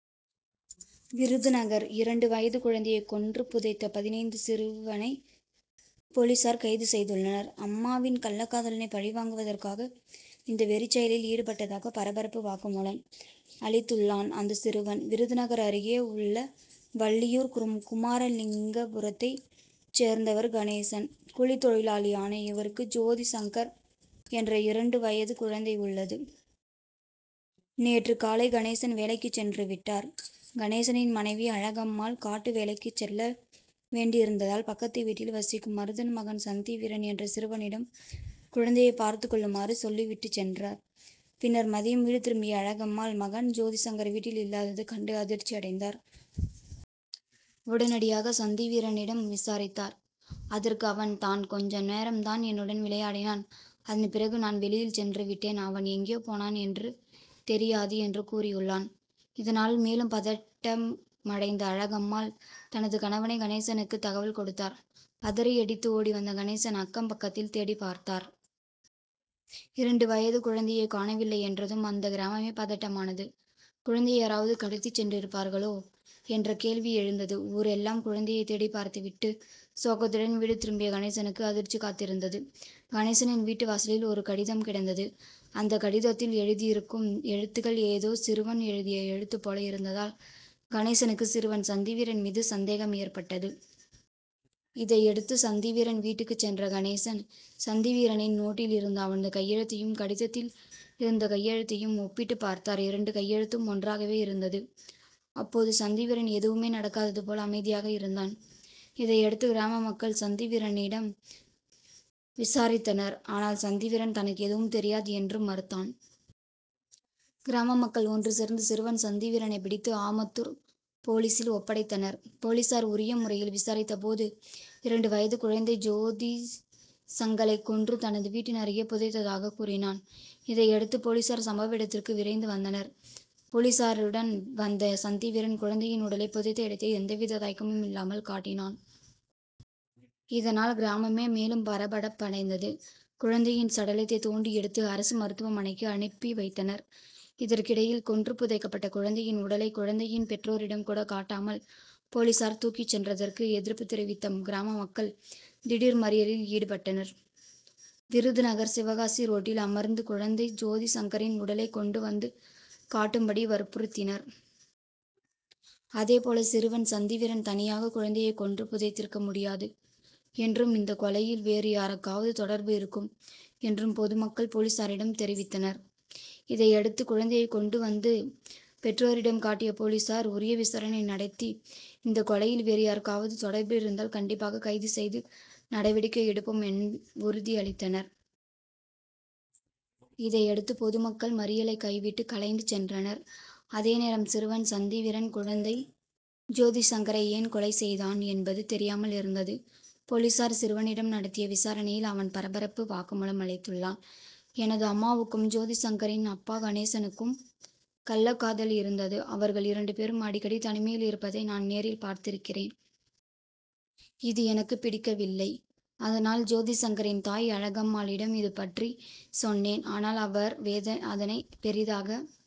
விருதுநகர்: இரண்டு வயது குழந்தையை கொன்று புதைத்த பதினைந்து சிறுவனை போலீசார் கைது செய்துள்ளனர். அம்மாவின் கள்ளக்காதலனை பழிவாங்குவதற்காக இந்த வெறிச்செயலில் ஈடுபட்டதாக பரபரப்பு வாக்குமூலம் அளித்துள்ளான் அந்த சிறுவன். விருதுநகர் அருகே உள்ள வள்ளியூர் குமாரலிங்கபுரத்தைச் சேர்ந்தவர் கணேசன். கூலித் தொழிலாளியான இவருக்கு ஜோதிசங்கர் என்ற இரண்டு வயது குழந்தை உள்ளது. நேற்று காலை கணேசன் வேலைக்கு சென்று விட்டார். கணேசனின் மனைவி அழகம்மாள் காட்டு வேலைக்கு செல்ல வேண்டியிருந்ததால் பக்கத்து வீட்டில் வசிக்கும் மருதன் மகன் சந்திவீரன் என்ற சிறுவனிடம் குழந்தையை பார்த்துக்கொள்ளுமாறு சொல்லி விட்டுச் சென்றார். பின்னர் மதியம் வீடு திரும்பிய அழகம்மாள், மகன் ஜோதிசங்கர் வீட்டில் இல்லாதது கண்டு அதிர்ச்சியடைந்தார். உடனடியாக சந்திவீரனிடம் விசாரித்தார். அதற்கு அவன், தான் கொஞ்சநேரம்தான் என்னுடன் விளையாடினான். அதன் பிறகு நான் வெளியில் சென்று விட்டேன். அவன் எங்கே போனான் என்று தெரியாது, என்று கூறியுள்ளான். இதனால் மேலும் பதட்டமடைந்த அழகம்மாள், தனது கணவன் கணேசனுக்கு தகவல் கொடுத்தார். பதறியடித்து ஓடிவந்த கணேசன், அக்கம் பக்கத்தில் தேடிப்பார்த்தார். இரண்டு வயது குழந்தையை காணவில்லை என்றதும் அந்த கிராமமே பதட்டமானது. குழந்தையை யாராவது கடத்தி சென்றிருப்பார்களோ? என்ற கேள்வி எழுந்தது. ஊரெல்லாம் குழந்தையை தேடிப்பார்த்து விட்டு சோகத்துடன் வீடு திரும்பிய கணேசனுக்கு அதிர்ச்சி காத்திருந்தது. கணேசனின் வீட்டு வாசலில் ஒரு கடிதம் கிடந்தது. அந்த கடிதத்தில் எழுதியிருக்கும் எழுத்துக்கள் ஏதோ சிறுவன் எழுதிய எழுத்து போல இருந்ததால் கணேசனுக்கு, சிறுவன் சந்திவீரன் மீது சந்தேகம் ஏற்பட்டது. இதையடுத்து சந்திவீரன் வீட்டுக்கு சென்ற கணேசன், சந்திவீரனின் நோட்டில் இருந்த அவனது கையெழுத்தையும், கடிதத்தில் இருந்த கையெழுத்தையும் ஒப்பிட்டு பார்த்தார். இரண்டு கையெழுத்தும் ஒன்றாகவே இருந்தது. அப்போது சந்திவீரன் எதுவுமே நடக்காதது போல அமைதியாக இருந்தான். இதையடுத்து கிராம மக்கள் சந்திவீரனினம் விசாரித்தனர். ஆனால் சந்திவீரன், தனக்கு எதுவும் தெரியாது என்று மறுத்தான். கிராமமக்கள் ஒன்றுசேர்ந்து சிறுவன் சந்திவீரனை பிடித்து ஆமத்தூர் போலீசில் ஒப்படைத்தனர். போலீசார் உரிய முறையில் விசாரித்தபோது, இரண்டு வயது குழந்தை ஜோதிசங்களை கொன்று தனது வீட்டின் அருகே புதைத்ததாக கூறினான். இதையடுத்து போலீசார் சம்பவ இடத்துக்கு விரைந்து வந்தனர். போலீசாருடன் வந்த சந்திவீரன், குழந்தையின் உடலை புதைத்த இடத்தை எந்தவித தயக்கமும் இல்லாமல் காட்டினான். இதனால் கிராமமே மேலும் பரபரப்படைந்தது. குழந்தையின் சடலத்தை தோண்டி எடுத்து அரசு மருத்துவமனைக்கு அனுப்பி வைத்தனர். இதற்கிடையில், கொன்று புதைக்கப்பட்ட குழந்தையின் உடலை குழந்தையின் பெற்றோரிடம் கூட காட்டாமல் போலீசார் தூக்கிச் சென்றதற்கு எதிர்ப்பு தெரிவித்த கிராம மக்கள் திடீர் மறியலில் ஈடுபட்டனர். விருதுநகர்- சிவகாசி ரோட்டில் அமர்ந்து குழந்தை ஜோதி சங்கரின் உடலை கொண்டு வந்து காட்டும்படி வற்புறுத்தினர். அதேபோல சிறுவன் சந்திவீரன் தனியாக குழந்தையை கொன்று புதைத்திருக்க முடியாது என்றும், இந்த கொலையில் வேறு யாருக்காவது தொடர்பு இருக்கும் என்றும் பொதுமக்கள் போலீசாரிடம் தெரிவித்தனர். இதையடுத்து குழந்தையை கொண்டு வந்து பெற்றோரிடம் காட்டிய போலீசார், உரிய விசாரணை நடத்தி இந்த கொலையில் வேறு யாருக்காவது தொடர்பு இருந்தால் கண்டிப்பாக கைது செய்து நடவடிக்கை எடுப்போம், என் உறுதி அளித்தனர். இதையடுத்து பொதுமக்கள் மறியலை கைவிட்டு கலைந்து சென்றனர். அதேநேரம் சிறுவன் சந்திவீரன், குழந்தை ஜோதிசங்கரை ஏன் கொலை செய்தான்? என்பது தெரியாமல் இருந்தது. போலீசார் சிறுவனிடம் நடத்திய விசாரணையில் அவன் பரபரப்பு வாக்குமூலம் அளித்துள்ளான். எனது அம்மாவுக்கும், ஜோதிசங்கரின் அப்பா கணேசனுக்கும் கள்ளக்காதல் இருந்தது. அவர்கள் இரண்டுபேரும் அடிக்கடி தனிமையில் இருப்பதை நான் நேரில் பார்த்திருக்கிறேன். இது எனக்கு பிடிக்கவில்லை. அதனால் ஜோதிசங்கரின் தாய் அழகம்மாளிடம் இதுபற்றி சொன்னேன். ஆனால் அவர் அதனை பெரிதாக